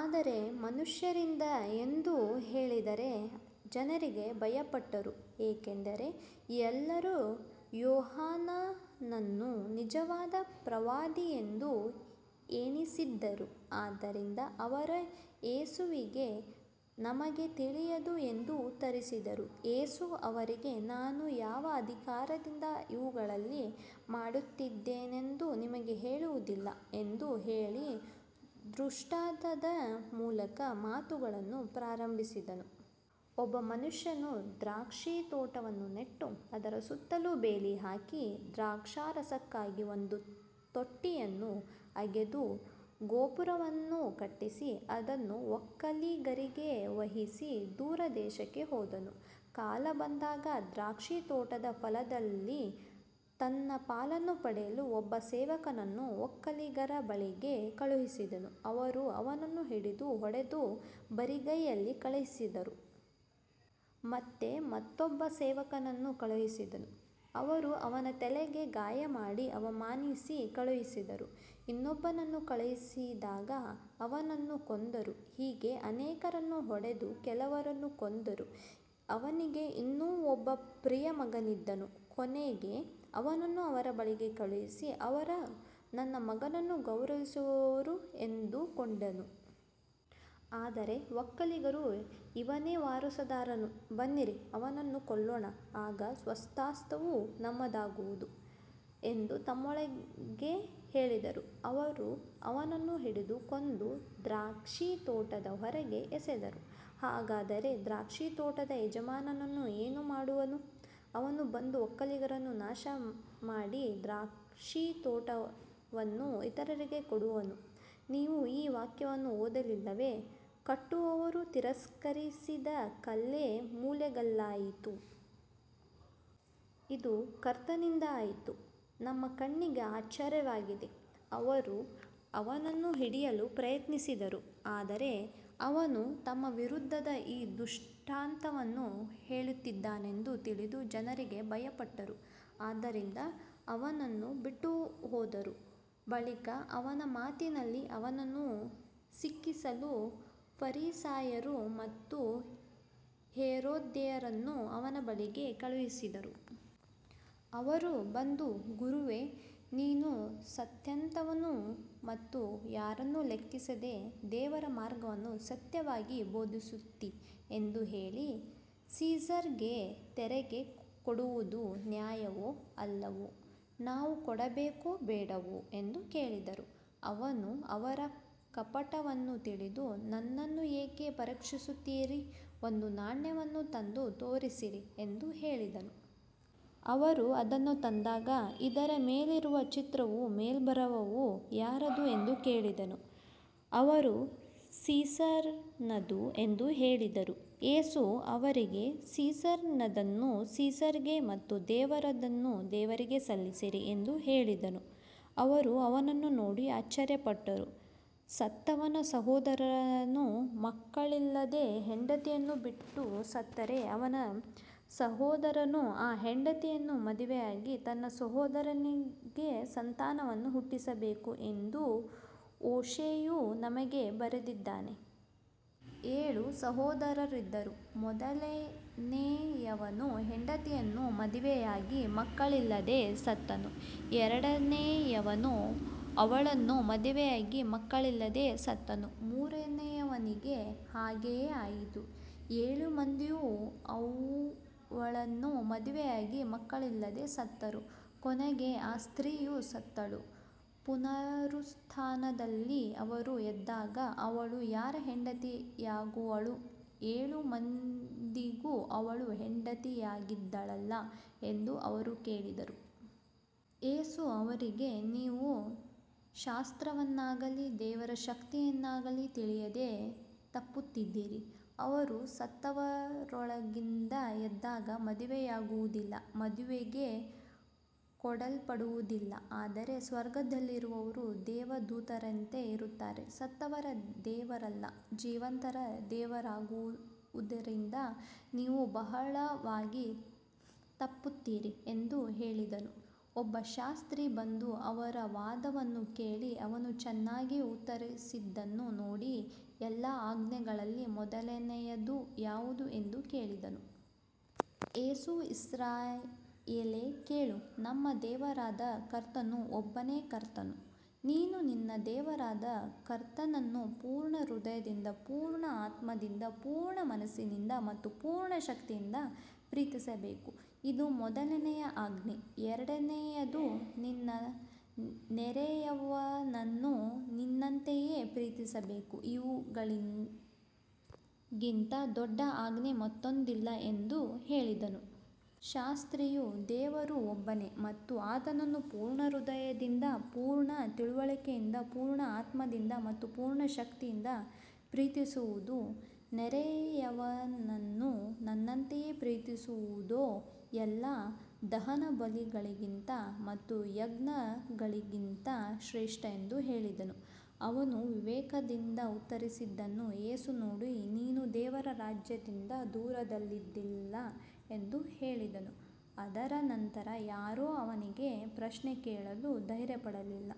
ಆದರೆ ಮನುಷ್ಯರಿಂದ ಎಂದು ಹೇಳಿದರೆ ಜನರಿಗೆ ಭಯಪಟ್ಟರು, ಏಕೆಂದರೆ ಎಲ್ಲರೂ ಯೋಹಾನನನ್ನು ನಿಜವಾದ ಪ್ರವಾದಿಯೆಂದು ಎಣಿಸಿದ್ದರು. ಆದ್ದರಿಂದ ಅವರು ಯೇಸುವಿಗೆ, ನಮಗೆ ತಿಳಿಯದು ಎಂದು ಉತ್ತರಿಸಿದರು. ಯೇಸು ಅವರಿಗೆ, ನಾನು ಯಾವ ಅಧಿಕಾರದಿಂದ ಇವುಗಳನ್ನು ಮಾಡುತ್ತೇನೆಂದು ನಿಮಗೆ ಹೇಳುವುದಿಲ್ಲ ಎಂದು ಹೇಳಿ ದೃಷ್ಟಾಂತದ ಮೂಲಕ ಮಾತನಾಡಲು ಪ್ರಾರಂಭಿಸಿದನು. ಒಬ್ಬ ಮನುಷ್ಯನು ದ್ರಾಕ್ಷಿತೋಟವನ್ನು ನೆಟ್ಟು ಅದರ ಸುತ್ತಲೂ ಬೇಲಿ ಹಾಕಿ, ದ್ರಾಕ್ಷಾರಸಕ್ಕಾಗಿ ಒಂದು ತೊಟ್ಟಿಯನ್ನು ಅಗೆದು ಗೋಪುರವನ್ನು ಕಟ್ಟಿಸಿ, ಅದನ್ನು ಒಕ್ಕಲಿಗರಿಗೆ ವಹಿಸಿ ದೂರದೇಶಕ್ಕೆ ಹೋದನು. ಕಾಲ ಬಂದಾಗ ದ್ರಾಕ್ಷಿತೋಟದ ಫಲದಲ್ಲಿ ತನ್ನ ಪಾಲನ್ನು ಪಡೆಯಲು ಒಬ್ಬ ಸೇವಕನನ್ನು ಒಕ್ಕಲಿಗರ ಬಳಿಗೆ ಕಳುಹಿಸಿದನು. ಅವರು ಅವನನ್ನು ಹಿಡಿದು ಹೊಡೆದು ಬರಿಗೈಯಲ್ಲಿ ಕಳುಹಿಸಿದರು. ಮತ್ತೆ ಮತ್ತೊಬ್ಬ ಸೇವಕನನ್ನು ಕಳುಹಿಸಿದನು. ಅವರು ಅವನ ತಲೆಗೆ ಗಾಯಮಾಡಿ ಅವಮಾನಿಸಿ ಕಳುಹಿಸಿದರು. ಇನ್ನೊಬ್ಬನನ್ನು ಕಳುಹಿಸಿದಾಗ ಅವನನ್ನು ಕೊಂದರು. ಹೀಗೆ ಅನೇಕರನ್ನು ಹೊಡೆದು ಕೆಲವರನ್ನು ಕೊಂದರು. ಅವನಿಗೆ ಇನ್ನೂ ಒಬ್ಬ ಪ್ರಿಯ ಮಗನಿದ್ದನು. ಕೊನೆಗೆ ಅವನನ್ನು ಅವರ ಬಳಿಗೆ ಕಳುಹಿಸಿ, ಅವರು ನನ್ನ ಮಗನನ್ನು ಗೌರವಿಸುವರು ಎಂದುಕೊಂಡನು. ಆದರೆ ಒಕ್ಕಲಿಗರು, ಇವನೇ ವಾರಸುದಾರನು, ಬನ್ನಿರಿ, ಅವನನ್ನು ಕೊಲ್ಲೋಣ, ಆಗ ಸ್ವಾಸ್ತ್ಯವು ನಮ್ಮದಾಗುವುದು ಎಂದು ತಮ್ಮೊಳಗೆ ಹೇಳಿದರು. ಅವರು ಅವನನ್ನು ಹಿಡಿದು ಕೊಂದು ದ್ರಾಕ್ಷಿತೋಟದ ಹೊರಗೆ ಎಸೆದರು. ಹಾಗಾದರೆ ದ್ರಾಕ್ಷಿತೋಟದ ಯಜಮಾನನು ಏನು ಮಾಡುವನು. ಅವನು ಬಂದು ಒಕ್ಕಲಿಗರನ್ನು ನಾಶಮಾಡಿ ದ್ರಾಕ್ಷಿತೋಟವನ್ನು ಇತರರಿಗೆ ಕೊಡುವನು. ನೀವು ಈ ವಾಕ್ಯವನ್ನು ಓದಿಲ್ಲವೇ, ಕಟ್ಟುವವರು ತಿರಸ್ಕರಿಸಿದ ಕಲ್ಲೇ ಮೂಲೆಗಲ್ಲಾಯಿತು. ಇದು ಕರ್ತನಿಂದ ಆಯಿತು, ನಮ್ಮ ಕಣ್ಣಿಗೆ ಆಶ್ಚರ್ಯವಾಗಿದೆ. ಅವರು ಅವನನ್ನು ಹಿಡಿಯಲು ಪ್ರಯತ್ನಿಸಿದರು, ಆದರೆ ಅವನು ತಮ್ಮ ವಿರುದ್ಧ ಈ ದೃಷ್ಟಾಂತವನ್ನು ಹೇಳಿದ್ದಾನೆಂದು ತಿಳಿದು ಜನರಿಗೆ ಭಯಪಟ್ಟರು. ಆದ್ದರಿಂದ ಅವನನ್ನು ಬಿಟ್ಟುಹೋದರು. ಬಳಿಕ ಅವನ ಮಾತಿನಲ್ಲಿ ಅವನನ್ನು ಸಿಕ್ಕಿಸಲು ಫರಿಸಾಯರು ಮತ್ತು ಹೆರೋದ್ಯರನ್ನು ಅವನ ಬಳಿಗೆ ಕಳುಹಿಸಿದರು. ಅವರು ಬಂದು, ಗುರುವೇ, ನೀನು ಸತ್ಯವಂತನು ಮತ್ತು ಯಾರನ್ನೂ ಲೆಕ್ಕಿಸದೆ ದೇವರ ಮಾರ್ಗವನ್ನು ಸತ್ಯವಾಗಿ ಬೋಧಿಸುತ್ತೀ ಎಂದು ಹೇಳಿ, ಸೀಸರ್‌ಗೆ ತೆರಿಗೆ ಕೊಡುವುದು ನ್ಯಾಯವೋ ಅಲ್ಲವೋ, ನಾವು ಕೊಡಬೇಕೋ ಬೇಡವೋ ಎಂದು ಕೇಳಿದರು. ಅವನು ಅವರ ಕಪಟವನ್ನು ತಿಳಿದು, ನನ್ನನ್ನು ಏಕೆ ಪರೀಕ್ಷಿಸುತ್ತೀರಿ. ಒಂದು ನಾಣ್ಯವನ್ನು ತಂದು ತೋರಿಸಿರಿ ಎಂದು ಹೇಳಿದನು. ಅವರು ಅದನ್ನು ತಂದಾಗ, ಇದರ ಮೇಲಿರುವ ಚಿತ್ರವೂ ಮೇಲ್ಬರಹವೂ ಯಾರದು ಎಂದು ಕೇಳಿದನು. ಅವರು, ಸೀಸರನದು ಎಂದು ಹೇಳಿದರು. ಯೇಸು ಅವರಿಗೆ, ಸೀಸರನದನ್ನು ಸೀಸರ್‌ಗೆ ಮತ್ತು ದೇವರದನ್ನು ದೇವರಿಗೆ ಸಲ್ಲಿಸಿರಿ ಎಂದು ಹೇಳಿದನು. ಅವರು ಅವನನ್ನು ನೋಡಿ ಆಶ್ಚರ್ಯಪಟ್ಟರು. ಸತ್ತವನ ಸಹೋದರನು ಮಕ್ಕಳಿಲ್ಲದೆ ಹೆಂಡತಿಯನ್ನು ಬಿಟ್ಟು ಸತ್ತರೆ, ಅವನ ಸಹೋದರನು ಆ ಹೆಂಡತಿಯನ್ನು ಮದುವೆಯಾಗಿ ತನ್ನ ಸಹೋದರನಿಗೆ ಸಂತಾನವನ್ನು ಹುಟ್ಟಿಸಬೇಕು ಎಂದು ಮೋಶೆಯು ನಮಗೆ ಬರೆದಿದ್ದಾನೆ. ಏಳು ಸಹೋದರರಿದ್ದರು. ಮೊದಲನೆಯವನು ಹೆಂಡತಿಯನ್ನು ಮದುವೆಯಾಗಿ ಮಕ್ಕಳಿಲ್ಲದೆ ಸತ್ತನು. ಎರಡನೆಯವನು ಅವಳನ್ನು ಮದುವೆಯಾಗಿ ಮಕ್ಕಳಿಲ್ಲದೆ ಸತ್ತನು. ಮೂರನೆಯವನಿಗೂ ಹಾಗೆಯೇ ಆಯಿತು. ಏಳು ಮಂದಿಯೂ ಅವಳನ್ನು ಮದುವೆಯಾಗಿ ಮಕ್ಕಳಿಲ್ಲದೆ ಸತ್ತರು. ಕೊನೆಗೆ ಆ ಸ್ತ್ರೀಯೂ ಸತ್ತಳು. ಪುನರುತ್ಥಾನದಲ್ಲಿ ಅವರು ಎದ್ದಾಗ ಅವಳು ಯಾರ ಹೆಂಡತಿಯಾಗುವಳು, ಏಳು ಮಂದಿಗೂ ಅವಳು ಹೆಂಡತಿಯಾಗಿದ್ದಳಲ್ಲ ಎಂದು ಅವರು ಕೇಳಿದರು. ಯೇಸು ಅವರಿಗೆ, ನೀವು ಶಾಸ್ತ್ರವನ್ನಾಗಲಿ ದೇವರ ಶಕ್ತಿಯನ್ನಾಗಲಿ ತಿಳಿಯದೆ ತಪ್ಪುತ್ತಿದ್ದೀರಿ. ಅವರು ಸತ್ತವರೊಳಗಿಂದ ಎದ್ದಾಗ ಮದುವೆಯಾಗುವುದಿಲ್ಲ, ಮದುವೆಗೆ ಕೊಡಲ್ಪಡುವುದಿಲ್ಲ, ಆದರೆ ಸ್ವರ್ಗದಲ್ಲಿರುವ ದೇವದೂತರಂತೆ ಇರುತ್ತಾರೆ. ಸತ್ತವರ ದೇವರಲ್ಲ, ಜೀವಂತರ ದೇವರಾಗಿರುವುದರಿಂದ ನೀವು ಬಹಳವಾಗಿ ತಪ್ಪುತ್ತೀರಿ ಎಂದು ಹೇಳಿದನು. ಒಬ್ಬ ಶಾಸ್ತ್ರಿ ಬಂದು ಅವರ ವಾದವನ್ನು ಕೇಳಿ ಅವನು ಚೆನ್ನಾಗಿ ಉತ್ತರಿಸಿದ್ದನ್ನು ನೋಡಿ, ಎಲ್ಲ ಆಜ್ಞೆಗಳಲ್ಲಿ ಮೊದಲನೆಯದು ಯಾವುದು ಎಂದು ಕೇಳಿದನು. ಯೇಸು, ಇಸ್ರಾಯೇಲೇ ಕೇಳು, ನಮ್ಮ ದೇವರಾದ ಕರ್ತನು ಒಬ್ಬನೇ ಕರ್ತನು. ನೀನು ನಿನ್ನ ದೇವರಾದ ಕರ್ತನನ್ನು ಪೂರ್ಣ ಹೃದಯದಿಂದ, ಪೂರ್ಣ ಆತ್ಮದಿಂದ, ಪೂರ್ಣ ಮನಸ್ಸಿನಿಂದ ಮತ್ತು ಪೂರ್ಣ ಶಕ್ತಿಯಿಂದ ಪ್ರೀತಿಸಬೇಕು. ಇದು ಮೊದಲನೆಯ ಆಜ್ಞೆ. ಎರಡನೆಯದು, ನಿನ್ನ ನೆರೆಯವನನ್ನು ನಿನ್ನಂತೆಯೇ ಪ್ರೀತಿಸಬೇಕು. ಇವುಗಳಿಗಿಂತ ದೊಡ್ಡ ಆಜ್ಞೆ ಮತ್ತೊಂದಿಲ್ಲ ಎಂದು ಹೇಳಿದನು. ಶಾಸ್ತ್ರಿಯು, ದೇವರು ಒಬ್ಬನೇ ಮತ್ತು ಆತನನ್ನು ಪೂರ್ಣ ಹೃದಯದಿಂದ, ಪೂರ್ಣ ತಿಳುವಳಿಕೆಯಿಂದ, ಪೂರ್ಣ ಆತ್ಮದಿಂದ ಮತ್ತು ಪೂರ್ಣ ಶಕ್ತಿಯಿಂದ ಪ್ರೀತಿಸುವುದೂ, ನೆರೆಯವನನ್ನು ತನ್ನಂತೆಯೇ ಪ್ರೀತಿಸುವುದೂ ಎಲ್ಲಾ ದಹನಬಲಿಗಳಿಗಿಂತ ಮತ್ತು ಯಜ್ಞಗಳಿಗಿಂತ ಶ್ರೇಷ್ಠ ಎಂದು ಹೇಳಿದನು. ಅವನು ವಿವೇಕದಿಂದ ಉತ್ತರಿಸಿದ್ದನ್ನು ಯೇಸು ನೋಡಿ, ನೀನು ದೇವರ ರಾಜ್ಯದಿಂದ ದೂರದಲ್ಲಿಲ್ಲ ಎಂದು ಹೇಳಿದನು. ಅದರ ನಂತರ ಯಾರೂ ಅವನಿಗೆ ಪ್ರಶ್ನೆ ಕೇಳಲು ಧೈರ್ಯಪಡಲಿಲ್ಲ.